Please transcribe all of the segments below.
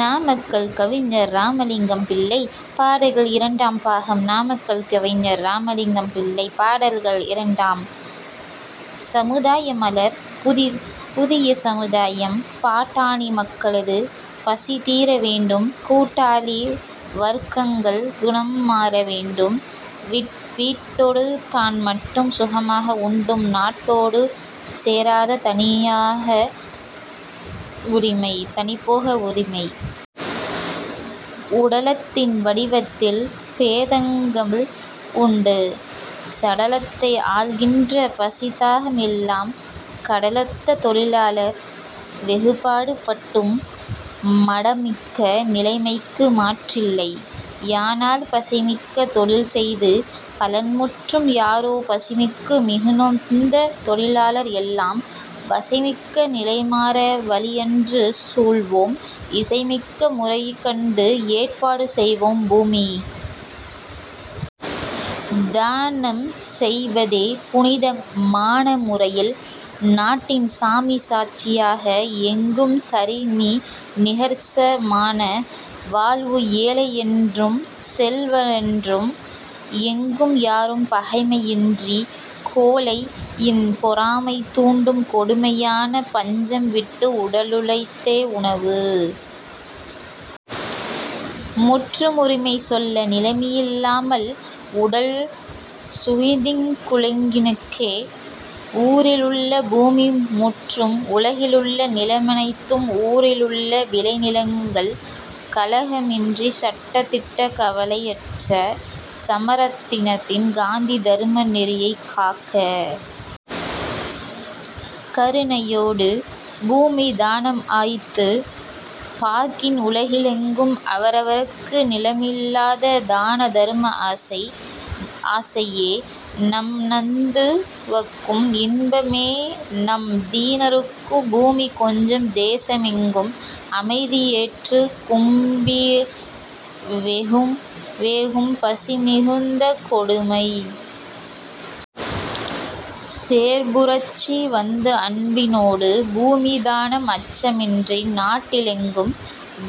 நாமக்கல் கவிஞர் இராமலிங்கம் பிள்ளை பாடல்கள் இரண்டாம் பாகம் நாமக்கல் கவிஞர் இராமலிங்கம் பிள்ளை பாடல்கள் இரண்டாம். சமுதாய மலர். புதிய சமுதாயம் பாட்டாளி மக்களது பசிதீர வேண்டும்; கூட்டாளி வர்க்கங்கள் குணம்மாற வேண்டும்; வீட்டொடு தான்மட்டும் சுகமாக உண்டும் நாட்டோடு சேராத தனிபோக உரிமை உடலத்தின் வடிவத்தில் பேதங்கள் உண்டு; சடலத்தை ஆள்கின்ற பசிதாகம் எல்லாம் கடலொத்த தொழிலாளர் வெகுபாடு பட்டும் மடமிக்க நிலைமைக்கு மாற்றில்லை யானால் பசைமிக்க தொழில்செய்து பலன்முற்றும் யாரோ பசிமிக்கு மிகநொந்த தொழிலாளர் எல்லாம் வசைமிக்க நிலைமாற வழியன்று சூழ்வோம் இசைமிக்க முறைகண்டு ஏற்பாடு செய்வோம் பூமி தானம் செய்வதே புனித மான முறையில் நாட்டின் சாமி சாட்சி யாக எங்கும் சரிநி கர்ச மான வாழ்வு ஏழை யென்றும் செல்வ னென்றும் எங்கும் யாரும் பகைமை யின்றிப் கோழை யின்பொ றாமை தூண்டும் கொடுமை யான பஞ்சம் விட்டுக் உடலு ழைத்தே உணவு முற்றும் உரிமை சொல்ல நிலமி லாமல் உடல் சுகித்திங் குலகி னுக்கே ஊரி லுள்ள பூமி முற்றும் உலகி லுள்ள நிலம னைத்தும் ஊரி லுள்ள விளைநி லங்கள் கலக மின்றிச் சட்ட திட்டக் கவலை யற்ற சமர சத்தின் காந்தி தர்ம நெறியைக் காக்கக் கருணை யோடு பூமி தானம் ஆய்ந்து பார்க்கின் உலகி லெங்கும் அவர வர்க்கு நிலமி லாத தான தர்ம ஆசை யேநம் தந்து வக்கும் இன்ப மேநம் தீன ருக்குப் பூமி கொஞ்சம் தேச மெங்கும் அமைதி பெற்றுத் கும்பி வேகும் பசிமி குந்த கொடுமை சேர்பு ரட்சி வந்து அன்பி னோடு பூமி தானம் அச்ச மின்றி நாட்டி லெங்கும்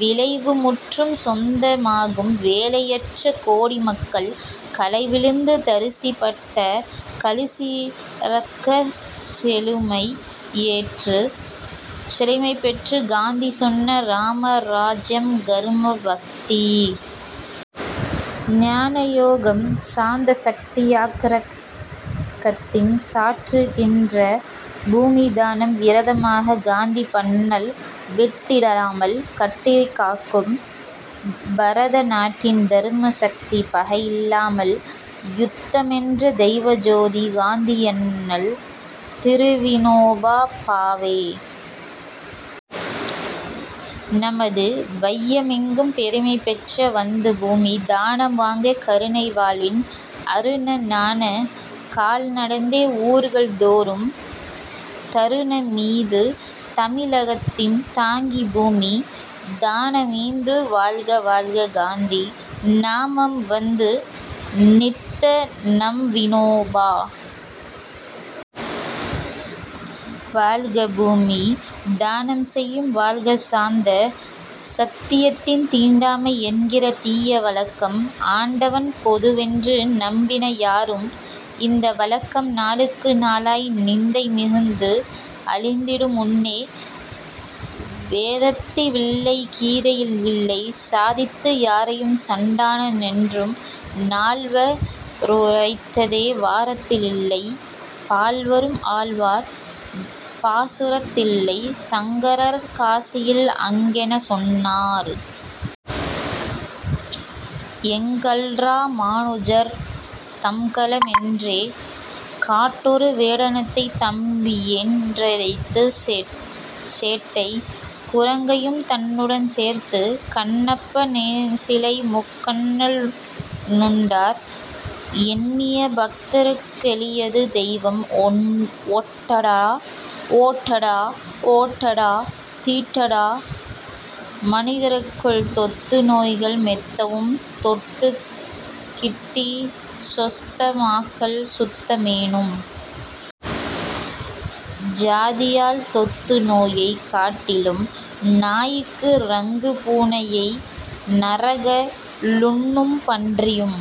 விளைவு முற்றும் சொந்த மாகும் வேலை யற்ற கோடி மக்கள் களைவி ழுந்து தரிசு பட்ட களிசி றக்கச் செழுமை பெற்றுக் காந்தி சொன்ன ராம ராஜ்யம் கர்ம, பக்தி, ஞான யோகம் சாந்த சத்தி யாக்ர கத்தின் சாற்று கின்ற பூமி தானம் விரத மாகக் காந்தி யண்ணல் விட்டி டாமல் கட்டிக் காக்கும் பரத நாட்டின் தர்ம சக்தி பகையி லாமல் யுத்த மென்ற தெய்வ ஜோதி காந்தி யண்ணல் திருவி னோபா பாவே நமது வைய மெங்கும் பெருமை பெற்ற வந்து பூமி தானம் வாங்க கருணை வாழ்வின் அருண னான கால் நடந்தே ஊர்கள் தோறும் தருண மீது தமிழ கத்தின் தாங்கிப் பூமி தான மீந்து வாழ்க வாழ்க காந்தி நாமம் வந்து தித்த நம்வி னோபா வாழ்க பூமி தானம் செய்யும் வாழ்க சாந்த சத்தியத்தில் தீண்டாமை என்கிற தீய வழக்கம் ஆண்டவன் பொதுவென்று நம்பின யாரும் இந்த வழக்கம் நாளுக்கு நாளாய் நிந்தை மிகுந்து அழிந்திடு முன்னே வேதத்தி லில்லை கீதையில் இல்லை சாதித்து யாரையும் சண்டாள னென்றிடும் நால்வ ருரைத்ததே வாரத்தி லில்லை பால்வரும் ஆழ்வார் பாசுரத் தில்லை சங்கரர் காசியில் அங்கென்ன சொன்னார்? எங்கள்ரா மானுஜர் தம்கல மென்றே காட்டொரு வேடனைத் தம்பியென் றெய்திக் சேட்டைக் குரங்கையும் தன்னுடன் சேர்த்துச் கண்ணப்ப னெச்சிலை முக்கண்ண னுண்டார்; எண்ணிய பக்தருக் கெளியது தெய்வம். ஓட்டடா! ஓட்டடா! ஓட்டடா! தீட்டடா மனிதருக்குள் தொத்து நோய்கள் மெத்தவும் தொட்டுக் கிட்டிச் சொஸ்தமாக்கல் சுத்த மேனும் ஜாதியால் தொத்து நோயைக் காட்டிலும் நாய்கு ரங்கு பூனையை நரக லுண்ணும் பன்றியும்